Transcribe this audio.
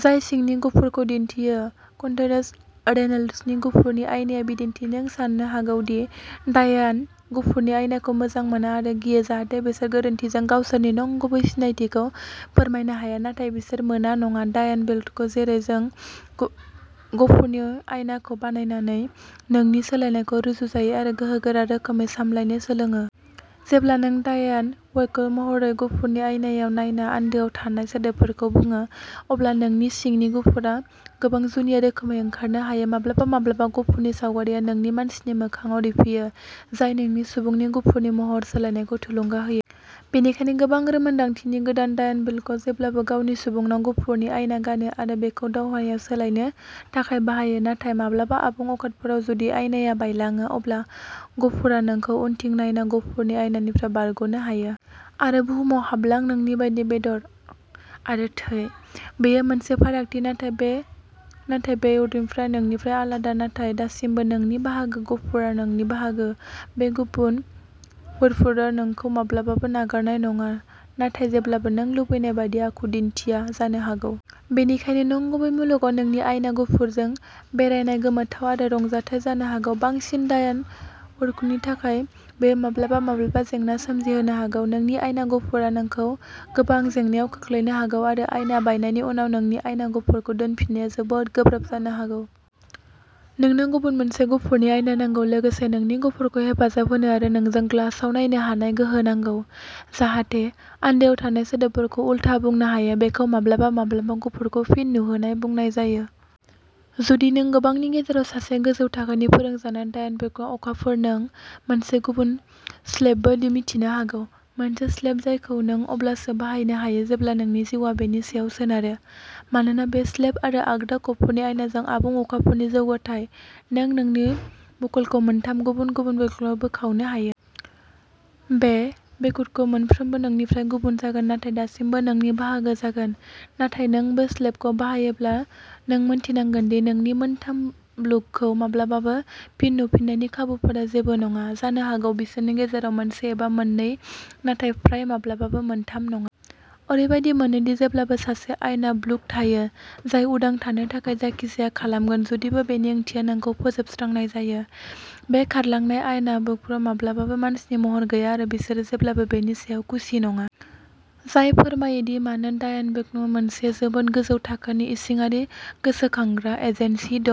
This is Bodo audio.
जाय सिंनि गफुरखौ दिन्थियो। कन्टोइरेस रेनेल्ड्सनि गफुरनि आयनाया बिदिन्थि। नों सानो हागौ दि डायान गफुरनि आयनाखौ मोजां मोना आरो गियो, जाहाथे बिसोर गोरोन्थिजों गावसोरनि नंगुबै सिनायथिखौ फोरमायनो हाया, नाथाय बिसोर मोना। नङा, डायान वेयरवुल्फ जेरै नों गफुरनि आयनाखौ बाहायनानै नोंनि सोलायनायखौ रुजुजायै आरो गोहोगोरा रोखोमै सामलायनो सोलोङो। जेब्ला नों, डायान वेयरवुल्फ महरै, गफुरनि आयनाआव नायना आन्दोआव थानाय सोदोबफोरखौ बुङो, अब्ला नोंनि सिंनि गफुरआ गोबां जुनिया रोखोमै ओंखारनो हायो। माब्लाबा-माब्लाबा गफुरनि सावगारिआ नोंनि मानसिनि मोखांआव रिफियो, जाय नोंनि सुबुंनिफ्राय गफुरनि महर सोलायनायखौ थुलुंगा होयो। बेनिखायनो गोबां रोंमोनदांथि गोनां डायान वेयरवुल्फखौ जेब्लाबो गावनि सुबुंनाव गफुरनि आयना गानो, आरो बेखौ दावहायाव सोलायनो थाखाय बाहायो। नाथाय माब्लाबा आबुं अखाफोरआव जुदि आयनाआ बायलाङो, अब्ला गफुरआ नोंखौ उनथिं नायना गफुरनि आयनानिफ्राय बारग'नो हायो। आरो बुहुमाव हाबलां, नोंनि बायदि बेदर आरो थै। बेयो मोनसे फारागथि नाथाय बे वेयरवुल्फआ नोंनिफ्राय आलादा, नाथाय दासिमबो नोंनि बाहागो। गफुरआ नोंनि बाहागो। बे गुबुन वेयरवुल्फआ नोंखौ माब्लाबाबो नागारनाय नङा, नाथाय जेब्लाबो नों लुबैनाय बायदि आखु दिन्थिया जानो हागौ। बेनिखायनो नंगुबै मुलुगाव नोंनि आयना गफुरजों बेरायनाय गोमोथाव आरो रंजाथाय जानो हागौ, बांसिन डायान वेयरवुल्फनि थाखाय बेयो माब्लाबा माब्लाबा जेंना सोमजिहोनो हागौ। नोंनि आयना गफुरआ नोंखौ गोबां जेंनाआव खोख्लैनो हागौ आरो आयना बायनायनि उनाव नोंनि आयना गफुरखौ दोनफिननाया जोबोद गोब्राब जानो हागौ। नोंनो गुबुन मोनसे गफुरनि आयना नांगौ, लोगोसे नोंनि गफुरखौ हेफाजाब होनो आरो नोंजों ग्लासआव नायनो हानाय गोहो नांगौ, जाहाथे आन्दोआव थानाय सोदोबफोरखौ उलथा बुंनो हायो। बेखौ माब्लाबा माब्लाबा गफुरखौ फिन नुहोनाय बुंनाय जायो। जुदि नों गोबांनि गेजेराव सासे गोजौ थाखोनि फोरोंजानाय डायान वेयरवुल्फ। अखाफोर, नों मोनसे गुबुन स्लपबो मिन्थिनो हागौ। मोनसे स्लेप जायखौ नों अब्लासो बाहायनो हायो जेब्ला नोंनि जिउआ बेनि सायाव सोनारो। मानोना बे स्लेप आरो आगदा गफुलनि आयनाजों आबुं अखाफोरनि जौथायाव, नों नोंनि बकुलखौ मोनथाम गुबुन-गुबुन वेयरवुल्फआव बोखावनो हायो। बे वेयरवुल्फखौ मोनफ्रोमबो नोंनिफ्राय गुबुन जागोन नाथाय दासिमबो नोंनि बाहागो जागोन। नाथाय नों बे स्लेपखौ बाहायोब्ला, नों मिन्थिनांगोन दि नोंनि मोनथाम वुल्फखौ माब्लाबाबो फिन नुफिन्नायनि खाबुफोरा जेबो नङा। जानो हागौ बिसोरनि गेजेराव मोनसे एबा मोननै, नाथाय फ्राय माब्लाबाबो मोनथाम नङा। ओरैबादि मोनो दि जेब्लाबो सासे आयना वुल्फ थायो जाय उदां थानो थाखाय जायखिजाया खालामगोन, जुदिबो बेनि ओंथिया नोंखौ फोजोबस्रांनाय जायो। बे खारलांनाय आयना वेयरवुल्फफोराव माब्लाबाबो मानसिनि महर गैया आरो बिसोरो जेब्लाबो बेनि सायाव खुसि नङा। जाय फोरमायो दि मानो डायान वेयरवुल्फ मोनसे जोबोद गोजौ थाखोनि, इसिङारि गोसोखांग्रा एजेन्सि दं।